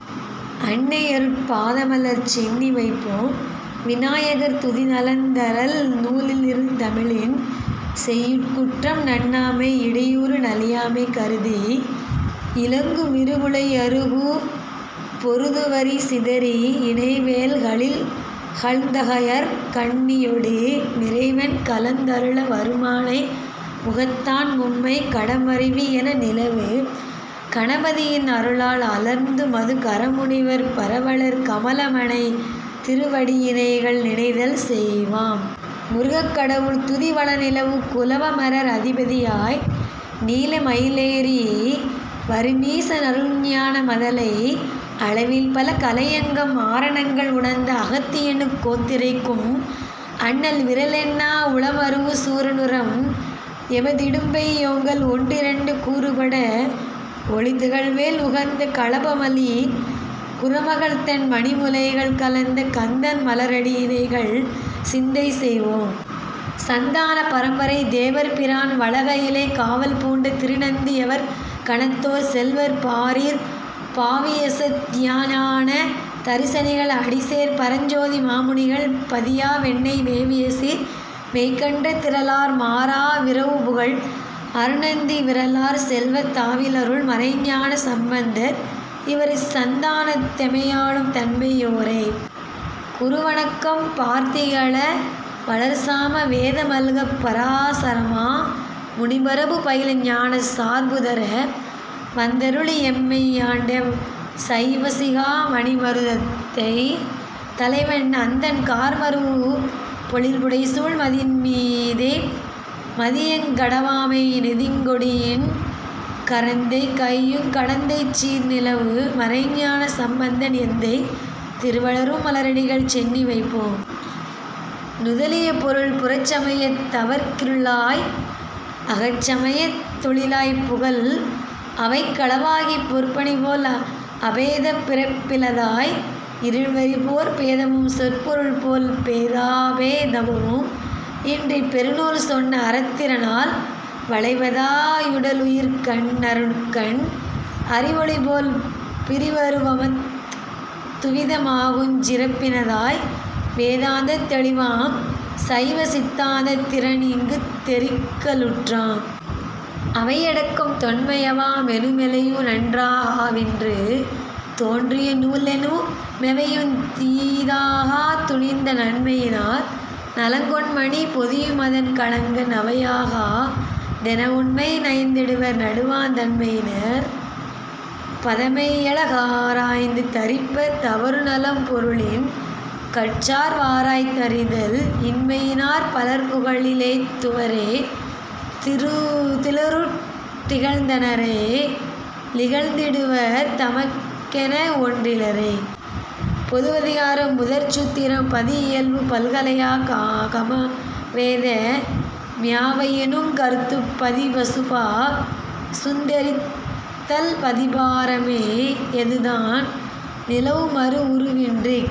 அன்னையருட் பாதமலர் சென்னி வைப்போம். விநாயகர் துதி நலந்தரல்நூ லிருந்தமிழின் செய்யுட் குற்றம் நண்ணாமை இடையூறு நலியாமை கருதி இலங்குமிரு குழையருகு பொருதுவரி சிதறி இணைவேல்க ளிகழ்ந்தகயற் கண்ணியொடு மிறைவன் கலந்தருள வருமானை முகத்தான் மும்மைக் கடமருவி யெனநிலவு கணபதியின் அருளால் அலர்ந்துமது கரமுனிவர் பரவவளர் கமல மனைதிரு வடியினைகள் நினைதல் செய்வாம். முருகக்கடவுள் துதி வளநிலவு குலவமரர் அதிபதியாய் நீல மயிலேறி வருமீச னருள்ஞான மதலை அளவில்பல கலையங்கம் ஆரணங்கள் உணர்ந்த அகத்தியனுக் கோத்துரைக்கும் அண்ணல்விறலெண்ணா உளமருவு சூரனுரம் எமதிடும்பை யோங்கல் ஒன்றிரண்டு கூறுபட வொளிதிகழ்வேல் உகந்த களபமலி குறமகள்தன் மணிமுலைகள் கலந்த கந்தன்மல ரடியிணைகள் சிந்தை செய்வாம். சந்தான பரம்பரை தேவர்பிரான் வளகயிலைக் காவல் பூண்ட திருநந்தி யவர்கணத்தோர் செல்வர் பாரிற் பாவியசத் தியஞான தரிசனிகள் அடிசேர் பரஞ்சோதி மாமுனிகள் பதியா வெண்ணை மேவியசீர் மெய்கண்ட திறலார் மாறா விரவுபுகழ் அருணந்தி விறலார் செல்வத் தாவிலருள் மறைஞான சம்பந்தர் இவரிச் சந்தானத் தெமையாளும் தன்மை யோரே. குரு வணக்கம் பார்திகழ வளர்சாம வேத மல்கப் பராசரமா முனிமரபு பயில ஞானச் சார்புதர வந்தருளி எம்மை யாண்ட சைவசிகா மணிமருதைத் தலவன் அந்தன் கார்மருவு பொழில்புடைசூழ் மதின்மீதே மதியங் கடவாமை நெடுங்கொடியின் கரந்தகையுங் கடந்தைச் சீர்நிலவு மறைஞான சம்பந்தன் எந்தை திருவளரும் மலரடிகள் சென்னி வைப்பாம். நுதலிய பொருள் புறச்சமயத் தவர்க்கிருளாய் அகச்சமயத் தொளியாய்ப் புகல் அவைக் களவாகிப் பொற்பணிபோல் அபேதப் பிறப்பிலதாய் இருள்வெளிபோற் பேதமும் சொற் பொருள்போல் பேதாபே தமும் இன்றிப் பெருநூல் சொன்ன அறத்திறனால் வளைவதா யுடலுயிர்கண் ணருக்கன் அறிவொளிபோல் பிறிவருவருமத் துவித மாகுஞ் சிறப்பினதாய் வேதாந்தத் தெளிவாம் சைவ சித்தாந்தத் திறன்இங்குத் தெரிக்கலுற்றாம். அவையடக்கம் தொன்மையவா மெனுமெவையு நன்றாகா வின்று தோன்றியநூ லெனுமெவையுந் தீதாகா துணிந்த நன்மையினார் நலங்கொண்மணி பொதியுமதன் களங்க நவையாகா தெனவுண்மை நயந்திடுவர் நடுவாந் தன்மையினார் பழமையழ காராய்ந்து தரிப்பர் தவறுநலம் பொருளின்கட் சார்வாராய்ந்தறிதல் இன்மையினார் பலர்புகழி லேத்துவரே திலருற் றிகழ்ந்தனரே லிகழ்ந்திடுவர் தமக்கென வொன் றிலரே. பொது வதிகாரம் முதற் சூத்திரம்.பதி இயல்பு பல்கலையா கமவேத மியாவையினுங் கருத்துப் பதிபசுபா சந்தெரித்தல்பதிபாரமே யதுதான் நிலவுமரு வுருவின்றிக்